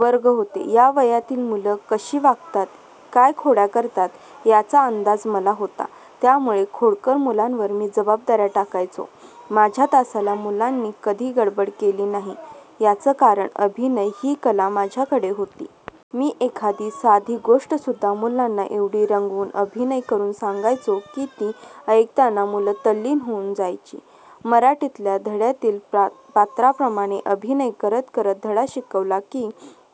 वर्ग होते. या वयातली मुलं कशी वागतात, काय खोड्या करतात, याचा अंदाज मला होता. त्यामुळे खोडकर मुलांवर मी जबाबदाऱ्या टाकायचो. माझ्या तासाला मुलांनी कधी गडबड केली नाही. याचं कारण अभिनय ही कला माझ्याकडे होती. मी एखादी साधी गोष्टसुद्धा मुलांना एवढी रंगवून, अभिनय करून सांगायचो की, ती ऐकताना मुलं तल्लीन होऊन जायची. मराठीतल्या धड्यातील पात्रांप्रमाणे अभिनय करत करत धडा शिकवला की,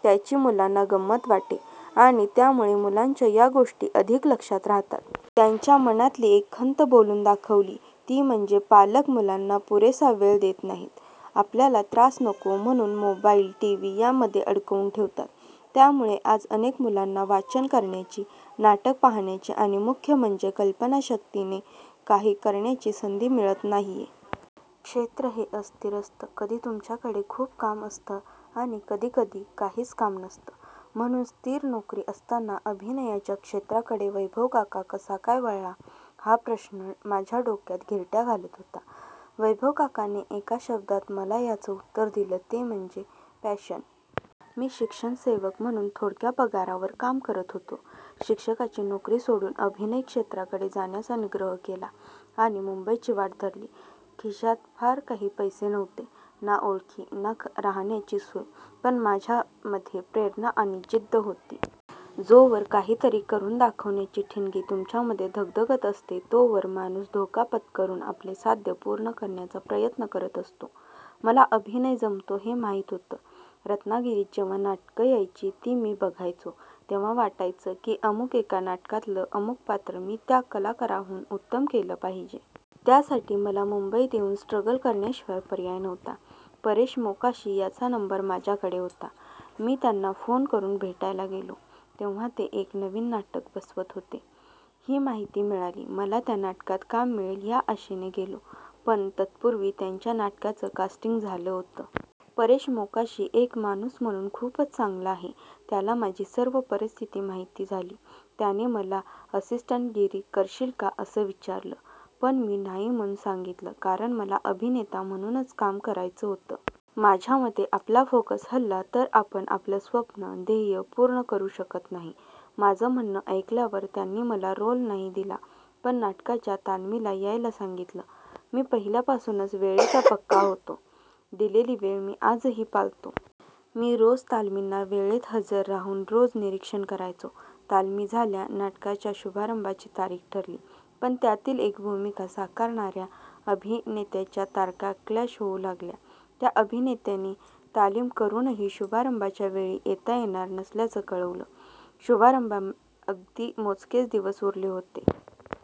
त्याची मुलांना गमंत वाटे आणि त्यामुळे मुलांच्या या गोष्टी अधिक लक्षात राहात. त्याच्या मनातली एक खंत बोलून दाखवली. ती म्हणजे पालक मुलांना पुरेसा वेळ देत नाहीत. आपल्याला त्रास नको, म्हणून मोबाइल, टीव्ही यामध्ये अडकवून ठेवतात. त्यामुळे आज अनेक मुलांना वाचन करण्याची, नाटक पाहण्याची आणि मुख्य म्हणजे कल्पनाशक्तीने काही करण्याची संधी मिळत नाहीये. क्षेत्र हे अस्थिर असतं. कधी तुमच्याकडे खूप काम असतं आणि कधी कधी काहीच काम नसतं. म्हणून स्थिर नोकरी असताना अभिनयाच्या क्षेत्राकडे वैभवकाका कसा काय वळला, हा प्रश्न माझ्या डोक्यात घिरट्या घालत होता. वैभवकाकाने एका शब्दात मला याचं उत्तर दिलं, ते म्हणजे पॅशन! मी शिक्षण सेवक म्हणून थोडक्या पगारावर काम करत होतो. शिक्षकाची नोकरी सोडून अभिनय क्षेत्राकडे जाण्याचा निग्रह केला आणि मुंबईची वाट धरली. खिशात फार काही पैसे नव्हते, ना ओळखी, ना राहण्याची सोय. पण माझ्यामध्ये प्रेरणा आणि जिद्द होती. जोवर काहीतरी करून दाखवण्याची ठिणगी तुमच्यामध्ये धगधगत असते, तोवर माणूस धोका पत्करून आपले साध्य पूर्ण करण्याचा प्रयत्न करत असतो. मला अभिनय जमतो हे माहीत होतं. रत्नागिरीत जेव्हा नाटकं यायची, ती मी बघायचो; तेव्हा वाटायचं की अमुक एका नाटकातलं अमुक पात्र मी त्या कलाकाराहून उत्तम केलं असतं. त्यासाठी मला मुंबईत येऊन स्ट्रगल करण्याशिवाय पर्याय नव्हता. परेश मोकाशी यांचा नंबर माझ्याकडे होता. मी त्यांना फोन करून भेटायला गेलो. तेव्हा ते एक नवीन नाटक बसवत आहेत, ही माहिती मिळाली. मला त्या नाटकात काम मिळेल ह्या आशेने गेलो, पण तत्पूर्वी त्यांच्या नाटकाचं कास्टिंग झालं होतं. परेश मोकाशी एक माणूस म्हणून खूपच चांगला आहे. त्याला माझी सर्व परिस्थिती माहीत झाली. त्याने मला असिस्टंटगिरी करशील का असं विचारलं... पण मी नाही म्हणून सांगितलं कारण मला अभिनेता म्हणूनच काम करायचं होतं. माझ्या मते आपला फोकस हलला तर आपण आपलं स्वप्न, ध्येय पूर्ण करू शकत नाही. माझं म्हणणं ऐकल्यावर त्यांनी मला रोल नाही दिला, पण नाटकाच्या तालमीला यायला सांगितलं. मी पहिल्यापासूनच वेळेचा पक्का होतो. दिलेली वेळ मी आजही पाळतो. मी रोज तालमींना वेळेत हजर राहून रोज निरीक्षण करायचो. तालमी झाल्या, नाटकाच्या शुभारंभाची तारीख ठरली. पण त्यातील एक भूमिका साकारणाऱ्या अभिनेत्याच्या तारखा क्लॅश होऊ लागल्या. त्या अभिनेत्याने तालीम करूनही शुभारंभाच्या वेळी येता येणार नसल्याचं कळवलं. शुभारंभाला अगदी मोजकेच दिवस उरले होते.